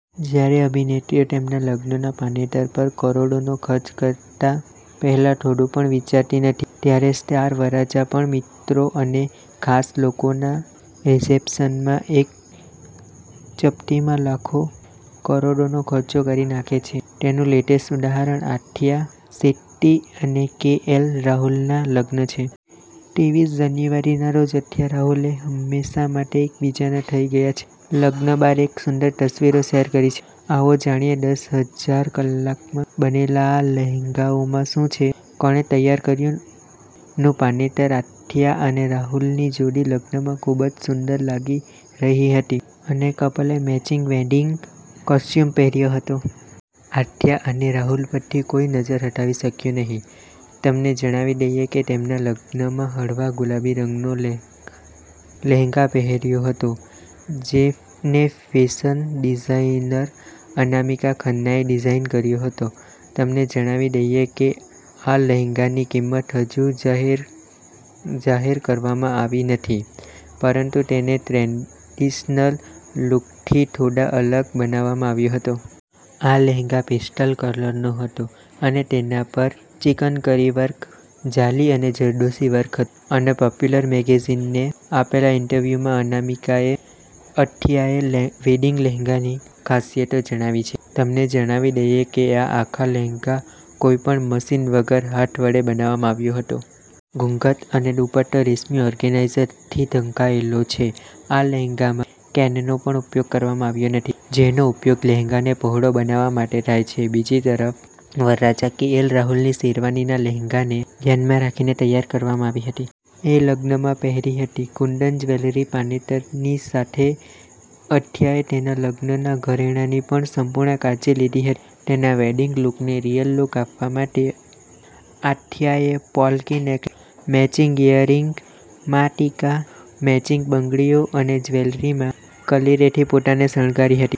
જ્યારે અભિનેત્રીઓ તેમના લગ્નના પાનેતર પર કરોડોનો ખર્ચ કરતા પહેલા થોડું પણ વિચારતી નથી, ત્યારે સ્ટાર વરરાજા પણ મિત્રો અને ખાસ લોકોના રિસેપ્શનમાં એક ચપટીમાં લાખો કરોડોનો ખર્ચ કરી નાખે છે. તેનું લેટેસ્ટ ઉદાહરણ આથિયા શેટ્ટી અને કે એલ રાહુલ ના લગ્ન છે. ત્રેવીસ જાન્યુઆરીના રોજ અથિયા-રાહુલે હંમેશા માટે એકબીજાના થઇ ગયા છે. લગ્ન બાદ એ સુંદર તસવીરો શેર કરી છે. આવો જાણીએ દસ હજાર કલાકમાં બનેલા આ લહેંગામાં શું છે. કોણે તૈયાર કર્યું નું પાનેતર આથિયા અને રાહુલની જોડી લગ્નમાં ખૂબ જ સુંદર લાગી રહી હતી અને કપલે મેચિંગ વેડિંગ કોસ્ચ્યુમ પહેર્યા હતા. આથિયા અને રાહુલ પરથી કોઈ નજર હટાવી શક્યું નહીં. તમને જણાવી દઈએ કે એ તેના લગ્નમાં હળવા ગુલાબી રંગનો લહેંગા પહેર્યો હતો, જેને ફેશન ડિઝાઇનર અનામિકા ખન્નાએ ડિઝાઇન કર્યો હતો. તમને જણાવી દઈએ કે આ લહેંગાની કિંમત હજુ જાહેર કરવામાં આવી નથી, પરંતુ તેને ટ્રેડિશનલ લુકથી થોડો અલગ બનાવવામાં આવ્યો હતો. આ લહેંગા પેસ્ટલ કલરનો હતો અને તેના પર ચિકંકરી વર્ક, જાલી અને જરદોઝી વર્ક હતું. એક પોપ્યુલર મેગેઝીનને આપેલા ઈન્ટરવ્યુમાં અનામિકાએ અથિયાના વેડિંગ લહેંગાની ખાસિયતો જણાવી છે. તમને જણાવી દઈએ કે, આ આખો લહેંગા કોઈ પણ મશીન વગર હાથ વડે બનાવવામાં આવ્યો હતો. ઘૂંઘટ અને દુપટ્ટા રેશમી ઓર્ગેન્ઝાથી ઢંકાયેલો છે. આ લહેંગામાં કેનકેનનો પણ ઉપયોગ કરવામાં આવ્યો નથી, જેનો ઉપયોગ લહેંગાને પહોળો બનાવવા માટે થાય છે. બીજી તરફ વરરાજા કે એલ રાહુલની શેરવાની ના લહેંગાને ધ્યાનમાં રાખીને તૈયાર કરવામાં આવી હતી. એ લગ્નમાં પહેરી હતી કુંદન જ્વેલરી પાનેતરની સાથે અથિયાએ તેના લગ્નના ઘરેણાંની પણ સંપૂર્ણ કાળજી લીધી હતી. તેના વેડિંગ લુકને રિચ લુક આપવા માટે, આથિયાએ polki necklace, matching earrings, maang tikka, matching બંગડીઓ અને જ્વેલરીમાં કલિરેથી પોતાને શણગારી હતી.